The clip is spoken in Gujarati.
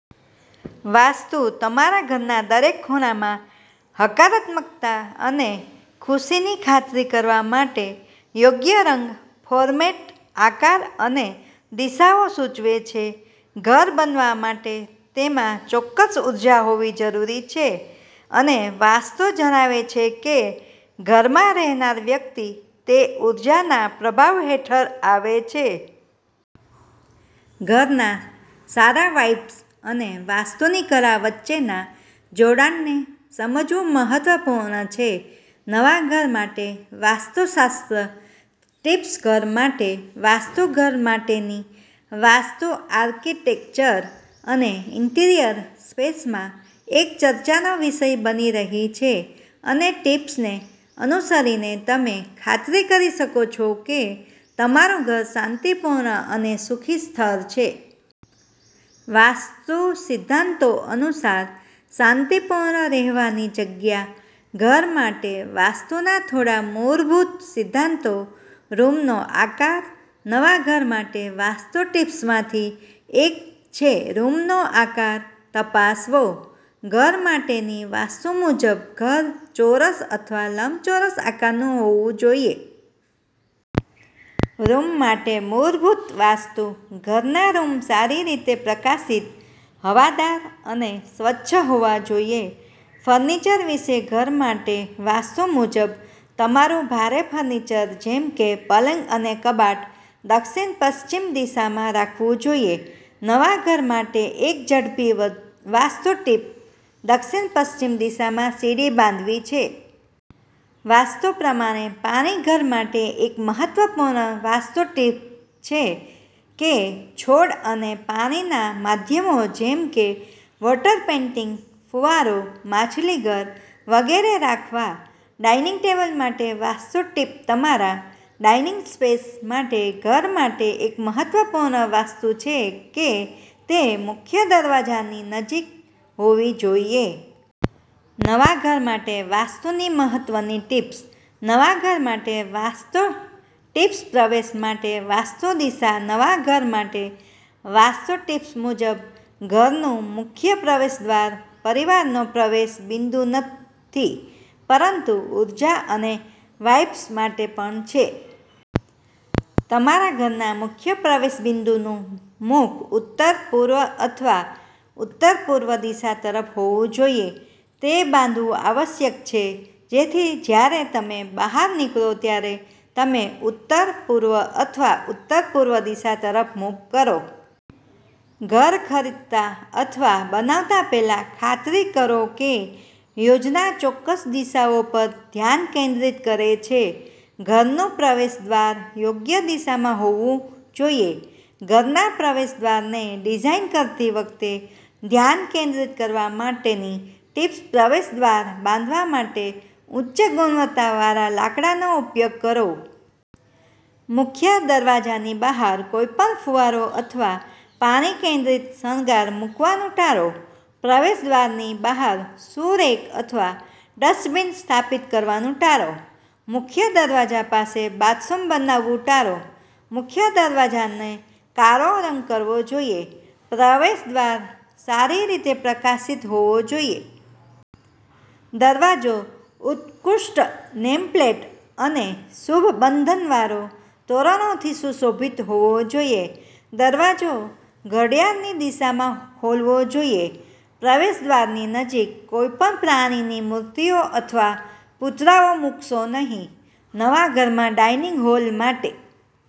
વાસ્તુ તમારા ઘરના દરેક ખૂણામાં હકારાત્મકતા અને ખુશીની ખાતરી કરવા માટે યોગ્ય રંગ, ફોર્મેટ, આકાર અને દિશાઓ સૂચવે છે. ઘર બનવા માટે તેમાં ચોક્કસ ઉર્જા હોવી જરૂરી છે અને વાસ્તુ જણાવે છે કે ઘરમાં રહેનાર વ્યક્તિ તે ઉર્જાનાં પ્રભાવ હેઠળ આવે છે. ઘરના સારા વાઇબ્સ અને વાસ્તુની કળા વચ્ચેના જોડાણને સમજવું મહત્વપૂર્ણ છે. નવા ઘર માટે વાસ્તુશાસ્ત્ર ટિપ્સઘર માટે વાસ્તુ ઘર માટેની વાસ્તુ આર્કિટેક્ચર અને ઈન્ટિરિયર સ્પેસમાં એક ચર્ચાનો વિષય બની રહી છે અનેટિપ્સને અનુસરીને, તમે ખાતરી કરી શકો છો કે તમારું ઘર શાંતિપૂર્ણ અને સુખી સ્થળ છે. વાસ્તુ સિદ્ધાંતો અનુસાર શાંતિપૂર્ણ રહેવાની જગ્યા ઘર માટે વાસ્તુના થોડા મૂરભૂત સિદ્ધાંતો રૂમનો આકાર નવા ઘર માટે વાસ્તુ ટિપ્સમાંથી એક છે રૂમનો આકાર તપાસવો. ઘર માટેની વાસ્તુ મુજબ ઘર ચોરસ અથવા લંબચોરસ આકારનું હોવું જોઈએ. રૂમ માટે મૂરભૂત વાસ્તુઃ ઘરના રૂમ સારી રીતે પ્રકાશિત, હવાદાર અને સ્વચ્છ હોવા જોઈએ. ફર્નિચર વિશે ઘર માટે વાસ્તુ મુજબ, તમારું ભારે ફર્નિચર જેમ કે પલંગ અને કબાટ દક્ષિણ-પશ્ચિમ દિશામાં રાખવું જોઈએ. નવા ઘર માટે એક ઝડપી વાસ્તુ ટીપ દક્ષિણ-પશ્ચિમ દિશામાં સીડી બાંધવી છે. વાસ્તુ પ્રમાણે પાણીઘર માટે એક મહત્વપૂર્ણ વાસ્તુ ટીપછે કે છોડ અને પાણીના માધ્યમો જેમ કે વોટર પેઈન્ટીંગ, ફુવારો, માછલીઘર વગેરે રાખવા. ડાઇનિંગ ટેબલ માટે વાસ્તુ ટીપતમારા ડાઇનિંગ સ્પેસ માટે ઘર માટે એક મહત્વપૂર્ણ વાસ્તુછે કે તે મુખ્ય દરવાજાની નજીકહોવી જોઈએ. નવા ઘર માટે વાસ્તુની મહત્વની ટિપ્સ. નવા ઘર માટે વાસ્તુ ટિપ્સપ્રવેશ માટે વાસ્તુ દિશા નવા ઘર માટે વાસ્તુ ટિપ્સ મુજબ, ઘરનું મુખ્ય પ્રવેશદ્વાર પરિવારનો પ્રવેશ બિંદુનથી, પરંતુ ઊર્જા અને વાઇબ્સ માટે પણ છે. તમારા ઘરના મુખ્ય પ્રવેશ બિંદુનું મુખ ઉત્તર, પૂર્વ અથવા ઉત્તર-પૂર્વ દિશા તરફ હોવું જોઈએ. તે બાંધવું આવશ્યક છે જેથી જ્યારે તમે બહાર નીકળો ત્યારે તમે ઉત્તર, પૂર્વ અથવા ઉત્તરપૂર્વ દિશા તરફ મુખ કરો. ઘર ખરીદતા અથવા બનાવતા પહેલા, ખાતરી કરો કે યોજનાચોક્કસ દિશાઓ પર ધ્યાન કેન્દ્રિત કરે છે. ઘરનું પ્રવેશદ્વાર યોગ્ય દિશામાં હોવું જોઈએ ઘરના પ્રવેશદ્વારને ડિઝાઇન કરતી વખતે ધ્યાન કેન્દ્રિત કરવા માટેની ટીપ્સપ્રવેશદ્વાર બાંધવા માટે ઉચ્ચ ગુણવત્તાવાળા લાકડાનો ઉપયોગ કરો. મુખ્ય દરવાજાની બહાર કોઈપણ ફુવારો અથવા પાણી કેન્દ્રિત શણગાર મૂકવાનું ટાળો. પ્રવેશદ્વારની બહાર શૂ રેક અથવા ડસ્ટબિન સ્થાપિત કરવાનું ટાળો. મુખ્ય દરવાજા પાસે બાથરૂમ બનાવવાનું ટાળો. મુખ્ય દરવાજાને કાળો રંગકરવો જોઈએ. પ્રવેશદ્વાર સારી રીતે પ્રકાશિત હોવો જોઈએ. દરવાજો ઉત્કૃષ્ટ નેમપ્લેટ અને શુભ બંધનવારો, તોરણોથી સુશોભિત હોવો જોઈએ. દરવાજો ઘડિયાળની દિશામાં ખોલવો જોઈએ. પ્રવેશદ્વારની નજીક કોઈપણ પ્રાણીની મૂર્તિઓ અથવા પૂતળાઓ મૂકશો નહીં. નવા ઘરમાં ડાઇનિંગ હોલ માટે